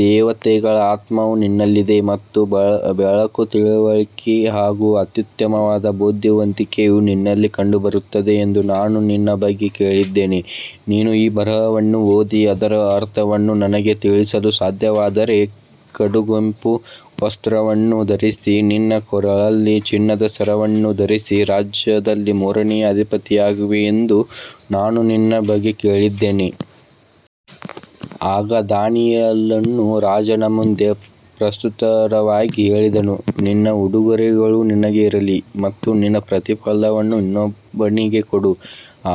ದೇವತೆಗಳ ಆತ್ಮವು ನಿನ್ನಲ್ಲಿದೆ ಮತ್ತು ಬೆಳಕು, ತಿಳುವಳಿಕೆ ಹಾಗೂ ಅತ್ಯುತ್ತಮವಾದ ಬುದ್ಧಿವಂತಿಕೆಯು ನಿನ್ನಲ್ಲಿ ಕಂಡುಬರುತ್ತದೆ ಎಂದು ನಾನು ನಿನ್ನ ಬಗ್ಗೆ ಕೇಳಿದ್ದೇನೆ. ನೀನು ಈ ಬರಹವನ್ನು ಓದಿ ಅದರ ಅರ್ಥವನ್ನು ನನಗೆ ತಿಳಿಸಲು ಸಾಧ್ಯವಾದರೆ, ಕಡುಗೆಂಪು ವಸ್ತ್ರವನ್ನು ಧರಿಸಿ, ನಿನ್ನ ಕೊರಳಲ್ಲಿ ಚಿನ್ನದ ಸರವನ್ನು ಧರಿಸಿ, ರಾಜ್ಯದಲ್ಲಿ ಮೂರನೆಯ ಅಧಿಪತಿಯಾಗುವೆ ಎಂದು ನಾನು ನಿನ್ನ ಬಗ್ಗೆ ಕೇಳಿದ್ದೇನೆ. ಆಗ ದಾನಿಯೇಲನು ರಾಜನ ಮುಂದೆ ಪ್ರತ್ಯುತ್ತರವಾಗಿ ಹೇಳಿದನು, ನಿನ್ನ ಉಡುಗೊರೆಗಳು ನಿನಗೇ ಇರಲಿ ಮತ್ತು ನಿನ್ನ ಪ್ರತಿಫಲವನ್ನು ಇನ್ನೊಬ್ಬನಿಗೆ ಕೊಡು.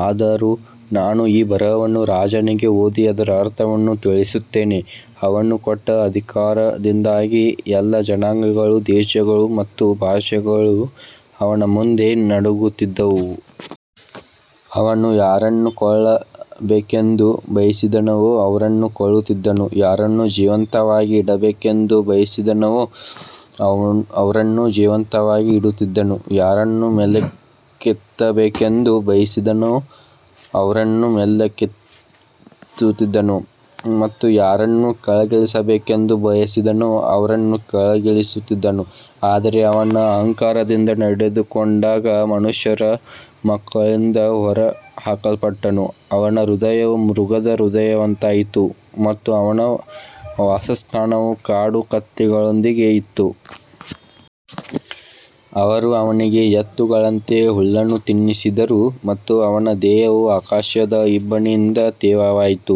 ಆದರೂ ನಾನು ಈ ಬರಹವನ್ನು ರಾಜನಿಗೆ ಓದಿ ಅದರ ಅರ್ಥವನ್ನು ತಿಳಿಸುತ್ತೇನೆ. ಅವನು ಕೊಟ್ಟ ಅಧಿಕಾರದಿಂದಾಗಿ ಎಲ್ಲಾ ಜನಾಂಗಗಳು, ದೇಶಗಳು ಮತ್ತು ಭಾಷೆಗಳು ಅವನ ಮುಂದೆ ನಡುಗುತ್ತಿದ್ದವು. ಅವನು ಯಾರನ್ನು ಕೊಲ್ಲಬೇಕೆಂದು ಬಯಸಿದನೋ ಅವರನ್ನು ಕೊಲ್ಲುತ್ತಿದ್ದನು, ಯಾರನ್ನು ಜೀವಂತವಾಗಿ ಇಡಬೇಕೆಂದು ಬಯಸಿದನೋ ಅವರನ್ನು ಜೀವಂತವಾಗಿ ಇಡುತ್ತಿದ್ದನು, ಯಾರನ್ನು ಮೇಲಕ್ಕೆತ್ತಬೇಕೆಂದು ಬಯಸಿದನೋ ಅವರನ್ನು ಮೇಲಕ್ಕೆತ್ತುತ್ತಿದ್ದನು ಮತ್ತು ಯಾರನ್ನು ಕೆಳಗಿಳಿಸಬೇಕೆಂದು ಬಯಸಿದನೋ ಅವರನ್ನು ಕೆಳಗಿಳಿಸುತ್ತಿದ್ದನು. ಆದರೆ ಅವನು ಅಹಂಕಾರದಿಂದ ನಡೆದುಕೊಂಡಾಗ ಮನುಷ್ಯರ ಮಕ್ಕಳಿಂದ ಹೊರಹಾಕಲ್ಪಟ್ಟನು. ಅವನ ಹೃದಯವು ಮೃಗದ ಹೃದಯದಂತಾಯಿತು ಮತ್ತು ಅವನ ವಾಸಸ್ಥಾನವು ಕಾಡು ಕತ್ತೆಗಳೊಂದಿಗೆ ಇತ್ತು. ಅವರು ಅವನಿಗೆ ಎತ್ತುಗಳಂತೆ ಹುಲ್ಲನ್ನು ತಿನ್ನಿಸಿದರು ಮತ್ತು ಅವನ ದೇಹವು ಆಕಾಶದ ಇಬ್ಬನಿಯಿಂದ ತೇವವಾಯಿತು,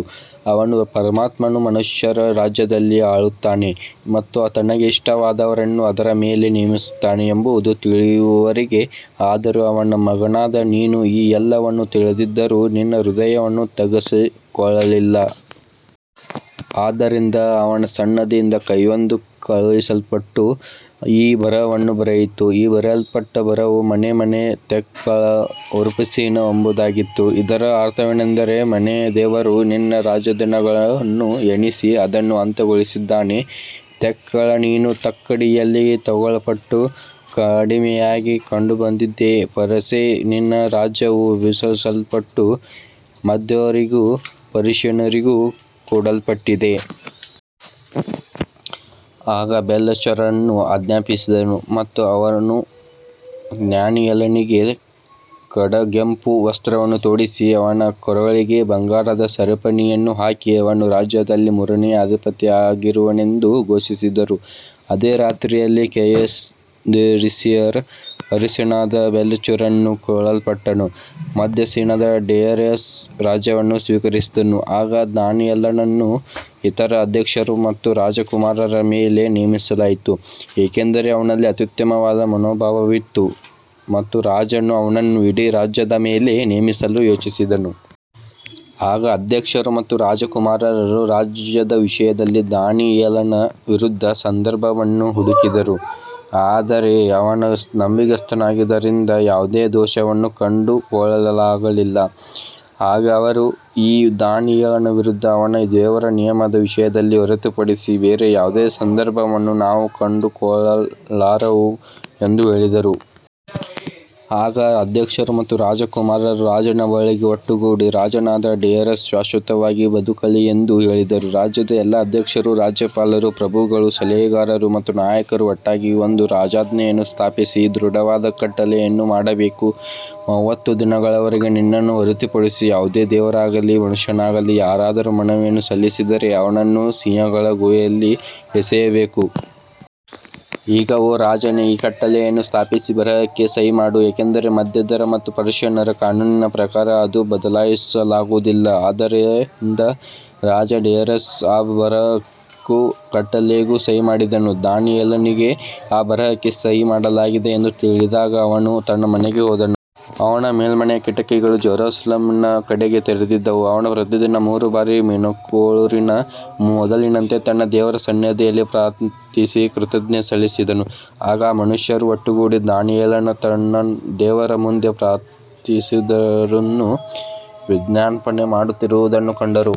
ಅವನು ಪರಮಾತ್ಮನು ಮನುಷ್ಯರ ರಾಜ್ಯದಲ್ಲಿ ಆಳುತ್ತಾನೆ ಮತ್ತು ತನಗೆ ಇಷ್ಟವಾದವರನ್ನು ಅದರ ಮೇಲೆ ನೇಮಿಸುತ್ತಾನೆ ಎಂಬುದನ್ನು ತಿಳಿಯುವವರೆಗೆ. ಆದರೂ ಅವನ ಮಗನಾದ ನೀನು ಈ ಎಲ್ಲವನ್ನೂ ತಿಳಿದಿದ್ದರೂ ನಿನ್ನ ಹೃದಯವನ್ನು ತಗ್ಗಿಸಿಕೊಳ್ಳಲಿಲ್ಲ. ಆದ್ದರಿಂದ ಅವನ ಸನ್ನಿಧಿಯಿಂದ ಕೈಯೊಂದು ಕಳುಹಿಸಲ್ಪಟ್ಟು ಈ ಬರಹವನ್ನು ಬರೆಯಿತು. ಬರೆಯಲ್ಪಟ್ಟ ಬರಹವು ಮೆನೆ, ಮೆನೆ, ತೆಕೆಲ್, ಉಪರ್ಸಿನ್ ಎಂಬುದಾಗಿತ್ತು. ಇದರ ಅರ್ಥವೇನೆಂದರೆ, ಮೆನೆ, ದೇವರು ನಿನ್ನ ರಾಜ್ಯದ ದಿನಗಳನ್ನು ಎಣಿಸಿ ಅದನ್ನು ಅಂತ್ಯಗೊಳಿಸಿದ್ದಾನೆ. ತೆಕೆಲ್, ನೀನು ತಕ್ಕಡಿಯಲ್ಲಿ ತೂಗಲ್ಪಟ್ಟು ಕಡಿಮೆಯಾಗಿ ಕಂಡುಬಂದಿದ್ದೀ. ಪೆರೆಸ್, ನಿನ್ನ ರಾಜ್ಯವು ವಿಭಜಿಸಲ್ಪಟ್ಟು ಮೇದ್ಯರಿಗೂ ಪರ್ಷಿಯನ್ನರಿಗೂ ಕೊಡಲ್ಪಟ್ಟಿದೆ. ಆಗ ಬೇಲ್ಶಚ್ಚರನು ಆಜ್ಞಾಪಿಸಿದನು ಮತ್ತು ಅವರು ದಾನಿಯೇಲನಿಗೆ ಕಡುಗೆಂಪು ವಸ್ತ್ರವನ್ನು ತೊಡಿಸಿ, ಅವನ ಕೊರಳಿಗೆ ಬಂಗಾರದ ಸರಪಣಿಯನ್ನು ಹಾಕಿ, ಅವನು ರಾಜ್ಯದಲ್ಲಿ ಮೂರನೆಯ ಅಧಿಪತಿಯಾಗಿರುವನೆಂದು ಘೋಷಿಸಿದರು. ಅದೇ ರಾತ್ರಿಯಲ್ಲಿ ಕಸ್ದೀಯರ ಅರಸನಾದ ಬೇಲ್ಶಚ್ಚರನು ಕೊಲ್ಲಲ್ಪಟ್ಟನು. ಮೇದ್ಯನಾದ ಡೇರಿಯಸ್ ರಾಜ್ಯವನ್ನು ಸ್ವೀಕರಿಸಿದನು. ಆಗ ದಾನಿಯೇಲನನ್ನು ಇತರ ಅಧ್ಯಕ್ಷರು ಮತ್ತು ರಾಜಕುಮಾರರ ಮೇಲೆ ನೇಮಿಸಲಾಯಿತು, ಏಕೆಂದರೆ ಅವನಲ್ಲಿ ಅತ್ಯುತ್ತಮವಾದ ಮನೋಭಾವವಿತ್ತು ಮತ್ತು ರಾಜನು ಅವನನ್ನು ಇಡೀ ರಾಜ್ಯದ ಮೇಲೆ ನೇಮಿಸಲು ಯೋಚಿಸಿದನು. ಆಗ ಅಧ್ಯಕ್ಷರು ಮತ್ತು ರಾಜಕುಮಾರರು ರಾಜ್ಯದ ವಿಷಯದಲ್ಲಿ ದಾನಿಯೇಲನ ವಿರುದ್ಧ ಸಂದರ್ಭವನ್ನು ಹುಡುಕಿದರು, ಆದರೆ ಅವನು ನಂಬಿಗಸ್ತನಾಗಿದ್ದರಿಂದ ಯಾವುದೇ ದೋಷವನ್ನೂ ಕಂಡುಕೊಳ್ಳಲಾಗಲಿಲ್ಲ. ಆಗ ಅವರು, ಈ ದಾನಿಯೇಲನ ವಿರುದ್ಧ ಅವನ ದೇವರ ನಿಯಮದ ವಿಷಯದಲ್ಲಿ ಹೊರತುಪಡಿಸಿ ಬೇರೆ ಯಾವುದೇ ಸಂದರ್ಭವನ್ನು ನಾವು ಕಂಡುಕೊಳ್ಳಲಾರೆವು ಎಂದು ಹೇಳಿದರು. ಆಗ ಅಧ್ಯಕ್ಷರು ಮತ್ತು ರಾಜಕುಮಾರರು ರಾಜನ ಬಳಿಗೆ ಒಟ್ಟುಗೂಡಿ, ರಾಜನಾದ ಡೇರಿಯಸ್ ಶಾಶ್ವತವಾಗಿ ಬದುಕಲಿ ಎಂದು ಹೇಳಿದರು. ರಾಜ್ಯದ ಎಲ್ಲಾ ಅಧ್ಯಕ್ಷರು, ರಾಜ್ಯಪಾಲರು, ಪ್ರಭುಗಳು, ಸಲಹೆಗಾರರು ಮತ್ತು ನಾಯಕರು ಒಟ್ಟಾಗಿ ಒಂದು ರಾಜಾಜ್ಞೆಯನ್ನು ಸ್ಥಾಪಿಸಿ, ದೃಢವಾದ ಕಟ್ಟಳೆಯನ್ನು ಮಾಡಬೇಕು. ಮೂವತ್ತು ದಿನಗಳವರೆಗೆ ನಿನ್ನನ್ನು ಹೊರತುಪಡಿಸಿ ಯಾವುದೇ ದೇವರಿಗಾಗಲಿ ಮನುಷ್ಯನಿಗಾಗಲಿ ಯಾರಾದರೂ ಮನವಿಯನ್ನು ಸಲ್ಲಿಸಿದರೆ, ಅವನನ್ನು ಸಿಂಹಗಳ ಗುಹೆಯಲ್ಲಿ ಎಸೆಯಬೇಕು. ಈಗ ಓ ರಾಜನೇ, ಈ ಕಟ್ಟಳೆಯನ್ನು ಸ್ಥಾಪಿಸಿ ಬರಹಕ್ಕೆ ಸಹಿ ಮಾಡು, ಏಕೆಂದರೆ ಮೇದ್ಯರ ಮತ್ತು ಪರ್ಷಿಯನ್ನರ ಕಾನೂನಿನ ಪ್ರಕಾರ ಅದು ಬದಲಾಯಿಸಲಾಗುವುದಿಲ್ಲ. ಆದ್ದರಿಂದ ರಾಜ ಡೇರಿಯಸ್ ಆ ಬರಹಕ್ಕೂ ಕಟ್ಟಳೆಗೂ ಸಹಿ ಮಾಡಿದನು. ದಾನಿಯೇಲನಿಗೆ ಆ ಬರಹಕ್ಕೆ ಸಹಿ ಮಾಡಲಾಗಿದೆ ಎಂದು ತಿಳಿದಾಗ, ಅವನು ತನ್ನ ಮನೆಗೆ ಹೋದನು. ಅವನ ಮೇಲ್ಮನೆಯ ಕಿಟಕಿಗಳು ಯೆರೂಸಲೇಮಿನ ಕಡೆಗೆ ತೆರೆದಿದ್ದವು. ಅವನು ಪ್ರತಿದಿನ ಮೂರು ಬಾರಿ ಮೊಣಕಾಲೂರಿ, ಮೊದಲಿನಂತೆ ತನ್ನ ದೇವರ ಸನ್ನಿಧಿಯಲ್ಲಿ ಪ್ರಾರ್ಥಿಸಿ ಕೃತಜ್ಞತೆ ಸಲ್ಲಿಸಿದನು. ಆಗ ಆ ಮನುಷ್ಯರು ಒಟ್ಟುಗೂಡಿ ದಾನಿಯೇಲನು ತನ್ನ ದೇವರ ಮುಂದೆ ಪ್ರಾರ್ಥಿಸುತ್ತಿರುವುದನ್ನೂ ವಿಜ್ಞಾಪನೆ ಮಾಡುತ್ತಿರುವುದನ್ನೂ ಕಂಡರು.